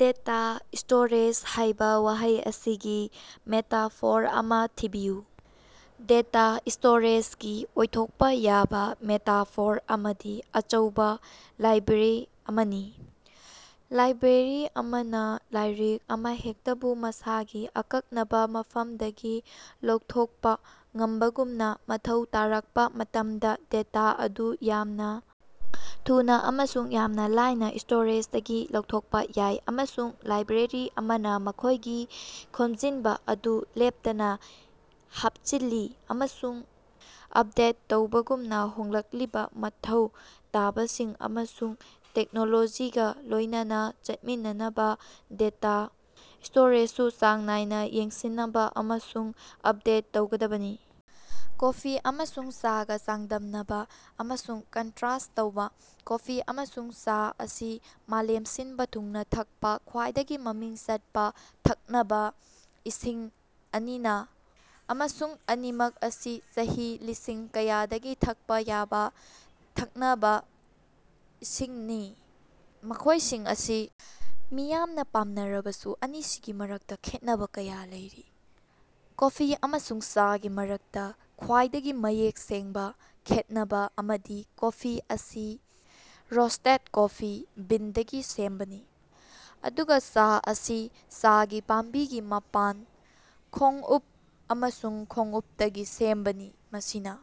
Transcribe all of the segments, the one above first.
"Data storage" ꯍꯥꯏꯕ ꯋꯥꯍꯩ ꯑꯁꯤꯒꯤ ꯃꯦꯇꯥꯐꯣꯔ ꯑꯃꯥ ꯊꯤꯕꯤꯌꯨ꯫ "ꯗꯦꯇꯥ ꯁ꯭ꯇꯣꯔꯦꯖ"ꯒꯤ ꯑꯣꯏꯊꯣꯛꯄ ꯌꯥꯕ ꯃꯦꯇꯥꯐꯣꯔ ꯑꯃꯗꯤ ꯑꯆꯧꯕ ꯂꯥꯏꯕ꯭ꯔꯦꯔꯤ ꯑꯃꯅꯤ꯫ ꯂꯥꯏꯕ꯭ꯔꯦꯔꯤ꯫ ꯂꯥꯏꯕ꯭ꯔꯦꯔꯤ ꯑꯃꯅ ꯂꯥꯏꯔꯤꯛ ꯑꯃꯍꯦꯛꯇꯕꯨ ꯃꯁꯥꯒꯤ ꯑꯀꯛꯅꯕ ꯃꯐꯝꯗꯒꯤ ꯂꯧꯊꯣꯛꯄ ꯉꯝꯕꯒꯨꯝꯅ, ꯃꯊꯧ ꯇꯥꯔꯛꯄ ꯃꯇꯝꯗ ꯗꯦꯇꯥ ꯑꯗꯨ ꯌꯥꯝꯅ ꯊꯨꯅ ꯑꯃꯁꯨꯡ ꯌꯥꯝꯅ ꯂꯥꯏꯅ ꯁ꯭ꯇꯣꯔꯦꯖꯗꯒꯤ ꯂꯧꯊꯣꯛꯄ ꯌꯥꯏ꯫ ꯑꯃꯁꯨꯡ ꯂꯥꯏꯕ꯭ꯔꯦꯔꯤ ꯑꯃꯅ ꯃꯈꯣꯏꯒꯤ ꯈꯣꯝꯖꯤꯟꯕ ꯑꯗꯨ ꯂꯦꯞꯇꯅ ꯍꯥꯞꯆꯤꯜꯂꯤ ꯑꯃꯁꯨꯡ ꯑꯞꯗꯦꯠ ꯇꯧꯕꯒꯨꯝꯅ, ꯍꯣꯡꯂꯛꯂꯤꯕ ꯃꯊꯧ ꯇꯥꯕꯁꯤꯡ ꯑꯃꯁꯨꯡ ꯇꯦꯛꯅꯣꯂꯣꯖꯤꯒ ꯂꯣꯏꯅꯅ ꯆꯠꯃꯤꯟꯅꯅꯕ ꯗꯦꯇꯥ ꯁ꯭ꯇꯣꯔꯦꯖꯁꯨ ꯆꯥꯡ ꯅꯥꯏꯅ ꯌꯦꯡꯁꯤꯟꯅꯕ ꯑꯃꯁꯨꯡ ꯑꯞꯗꯦꯠ ꯇꯧꯒꯗꯕꯅꯤ꯫ ꯀꯣꯐꯤ ꯑꯃꯁꯨꯡ ꯆꯥꯒ ꯆꯥꯡꯗꯝꯅꯕ ꯑꯃꯁꯨꯡ ꯀꯟꯇꯔꯁ꯭ꯠ ꯇꯧꯕ꯫ ꯀꯣꯐꯤ ꯑꯃꯁꯨꯡ ꯆꯥ ꯑꯁꯤ ꯃꯥꯂꯦꯝ ꯁꯤꯟꯕ ꯊꯨꯡꯅ ꯊꯛꯄ ꯈ꯭ꯋꯥꯏꯗꯒꯤ ꯃꯃꯤꯡ ꯆꯠꯄ ꯊꯛꯅꯕ ꯏꯁꯤꯡ ꯑꯅꯤꯅꯤ, ꯑꯃꯁꯨꯡ ꯑꯅꯤꯃꯛ ꯑꯁꯤ ꯆꯍꯤ ꯂꯤꯁꯤꯡ ꯀꯌꯥꯗꯒꯤ ꯊꯛꯄ ꯌꯥꯕ ꯊꯛꯅꯕ ꯏꯁꯤꯡꯅꯤ꯫ ꯃꯈꯣꯏꯁꯤꯡ ꯑꯁꯤ ꯃꯤꯌꯥꯝꯅ ꯄꯥꯝꯅꯔꯕꯁꯨ ꯑꯅꯤꯁꯤꯒꯤ ꯃꯔꯛꯇ ꯈꯦꯠꯅꯕ ꯀꯌꯥ ꯂꯩꯔꯤ꯫ ꯀꯣꯐꯤ ꯑꯃꯁꯨꯡ ꯆꯥꯒꯤ ꯃꯔꯛꯇ ꯈ꯭ꯋꯥꯏꯗꯒꯤ ꯃꯌꯦꯛ ꯁꯦꯡꯕ ꯈꯦꯟꯅꯕ ꯑꯃꯗꯤ ꯀꯣꯐꯤ ꯑꯁꯤ ꯔꯣꯁ꯭ꯇꯦꯗ ꯀꯣꯐꯤ ꯕꯤꯟꯗꯒꯤ ꯁꯦꯝꯕꯅꯤ, ꯑꯗꯨꯒ ꯆꯥ ꯑꯁꯤ ꯆꯥꯒꯤ ꯄꯥꯝꯕꯤꯒꯤ ꯃꯄꯥꯟ, ꯈꯣꯡꯎꯞ ꯑꯃꯁꯨꯡ ꯈꯣꯡꯎꯞꯇꯒꯤ ꯁꯦꯝꯕꯅꯤ꯫ ꯃꯁꯤꯅ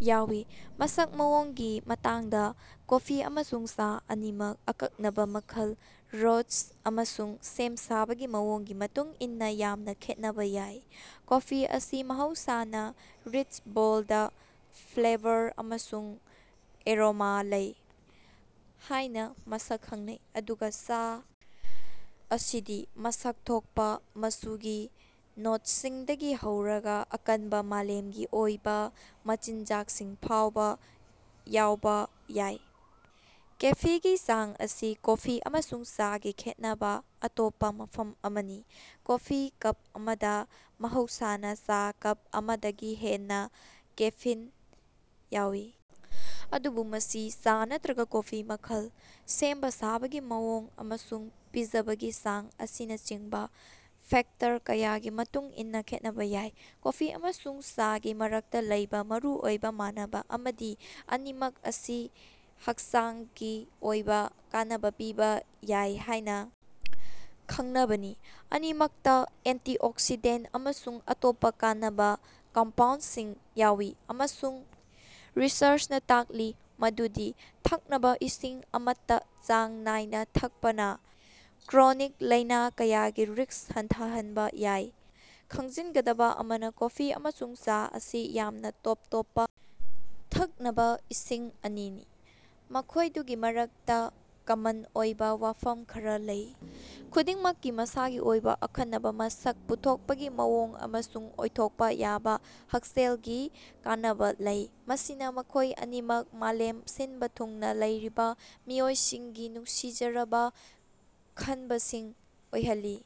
ꯌꯥꯎꯏ꯫ ꯃꯁꯛ ꯃꯑꯣꯡꯒꯤ ꯃꯇꯥꯡꯗ, ꯀꯣꯐꯤ ꯑꯃꯁꯨꯡ ꯆꯥ ꯑꯅꯤꯃꯛ ꯑꯀꯛꯅꯕ ꯃꯈꯜ, ꯔꯣꯁ꯭ꯠ ꯑꯃꯁꯨꯡ ꯁꯦꯝ-ꯁꯥꯕꯒꯤ ꯃꯑꯣꯡꯒꯤ ꯃꯇꯨꯡ ꯏꯟꯅ ꯌꯥꯝꯅ ꯈꯦꯠꯅꯕ ꯌꯥꯏ꯫ ꯀꯣꯐꯤ ꯑꯁꯤ ꯃꯍꯧꯁꯥꯅ ꯔꯤꯆ, ꯕꯣꯜꯗ ꯐ꯭ꯂꯦꯕꯔ ꯑꯃꯁꯨꯡ ꯑꯦꯔꯣꯃꯥ ꯂꯩ ꯍꯥꯏꯅ ꯃꯁꯛ ꯈꯪꯅꯩ, ꯑꯗꯨꯒ ꯆꯥ ꯑꯁꯤꯗꯤ ꯃꯁꯛ ꯊꯣꯛꯄ, ꯃꯆꯨꯒꯤ ꯅꯣꯠꯁꯤꯡꯗꯒꯤ ꯍꯧꯔꯒ ꯑꯀꯟꯕ, ꯃꯥꯂꯦꯝꯒꯤ ꯑꯣꯏꯕ ꯃꯆꯤꯟꯖꯥꯛꯁꯤꯡ ꯐꯥꯎꯕ ꯌꯥꯎꯕ ꯌꯥꯏ꯫ ꯀꯦꯐꯤꯒꯤ ꯆꯥꯡ ꯑꯁꯤ ꯀꯣꯐꯤ ꯑꯃꯁꯨꯡ ꯆꯥꯒꯤ ꯈꯦꯠꯅꯕ ꯑꯇꯣꯞꯄ ꯃꯐꯝ ꯑꯃꯅꯤ꯫ ꯀꯣꯐꯤ ꯀꯞ ꯑꯃꯗ ꯃꯍꯧꯁꯥꯅ ꯆꯥ ꯀꯞ ꯑꯃꯗꯒꯤ ꯍꯦꯟꯅ ꯀꯦꯐꯤꯟ ꯌꯥꯎꯏ, ꯑꯗꯨꯕꯨ ꯃꯁꯤ ꯆꯥ ꯅꯠꯇꯔ꯭ꯒ ꯀꯣꯐꯤ ꯃꯈꯜ, ꯁꯦꯝꯕ ꯁꯥꯕꯒꯤ ꯃꯑꯣꯡ ꯑꯃꯁꯨꯡ ꯄꯤꯖꯕꯒꯤ ꯆꯥꯡ ꯑꯁꯤꯅꯆꯤꯡꯕ ꯐꯦꯛꯇꯔ ꯀꯌꯥꯒꯤ ꯃꯇꯨꯡꯏꯟꯅꯥ ꯈꯦꯠꯅꯕ ꯌꯥꯏ꯫ ꯀꯣꯐꯤ ꯑꯃꯁꯨꯡ ꯆꯥꯒꯤ ꯃꯔꯛꯇ ꯂꯩꯕꯥ ꯃꯔꯨꯑꯣꯏꯕ ꯃꯥꯟꯅꯕ ꯑꯃꯗꯤ ꯑꯅꯤꯃꯛ ꯑꯁꯤ ꯍꯛꯆꯥꯡꯒꯤ ꯑꯣꯏꯕ ꯀꯥꯟꯅꯕ ꯄꯤꯕ ꯌꯥꯏ ꯍꯥꯏꯅ ꯈꯪꯅꯕꯅꯤ꯫ ꯑꯅꯤꯃꯛꯇ ꯑꯦꯟꯇꯤꯑꯣꯛꯁꯤꯗꯦꯟꯇ ꯑꯃꯁꯨꯡ ꯑꯇꯣꯞꯄ ꯀꯥꯟꯅꯕ ꯀꯝꯄꯥꯎꯟꯗꯁꯤꯡ ꯌꯥꯎꯏ ꯑꯃꯁꯨꯡ ꯔꯤꯁꯔ꯭ꯆꯅ ꯇꯥꯛꯂꯤ ꯃꯗꯨꯗꯤ ꯊꯛꯅꯕ ꯏꯁꯤꯡ ꯑꯃꯠꯇ ꯆꯥꯡ ꯅꯥꯏꯅ ꯊꯛꯄꯅ ꯀ꯭ꯔꯣꯅꯤꯛ ꯂꯥꯏꯅ ꯀꯌꯥꯒꯤ ꯔꯤꯁ꯭ꯛ ꯍꯟꯊꯍꯟꯕ ꯌꯥꯏ꯫ ꯈꯪꯖꯤꯟꯒꯗꯕ ꯑꯃꯅ, ꯀꯣꯐꯤ ꯑꯃꯁꯨꯡ ꯆꯥ ꯑꯁꯤ ꯌꯥꯝꯅ ꯇꯣꯞ ꯇꯣꯞꯄ ꯊꯛꯅꯕꯥ ꯏꯁꯤꯡ ꯑꯅꯤꯅꯤ, ꯃꯈꯣꯏꯗꯨꯒꯤ ꯃꯔꯛꯇ ꯀꯃꯟ ꯑꯣꯏꯕ ꯋꯥꯐꯝ ꯈꯔ ꯂꯩ꯫ ꯈꯨꯗꯤꯡꯃꯛꯀꯤ ꯃꯁꯥꯒꯤ ꯑꯣꯏꯕ ꯑꯈꯟꯅꯕ ꯃꯁꯛ, ꯄꯨꯊꯣꯛꯄꯒꯤ ꯃꯑꯣꯡ, ꯑꯃꯁꯨꯡ ꯑꯣꯏꯊꯣꯛꯄ ꯌꯥꯕ ꯍꯛꯁꯦꯜꯒꯤ ꯀꯥꯟꯅꯕ ꯂꯩ, ꯃꯁꯤꯅ ꯃꯈꯣꯏ ꯑꯅꯤꯃꯛ ꯃꯥꯂꯦꯝ ꯁꯤꯟꯕ ꯊꯨꯡꯅ ꯂꯩꯔꯤꯕ ꯃꯤꯑꯣꯏꯁꯤꯡꯒꯤ ꯅꯨꯡꯁꯤꯖꯔꯕ ꯈꯟꯕꯁꯤꯡ ꯑꯣꯏꯍꯜꯂꯤ꯫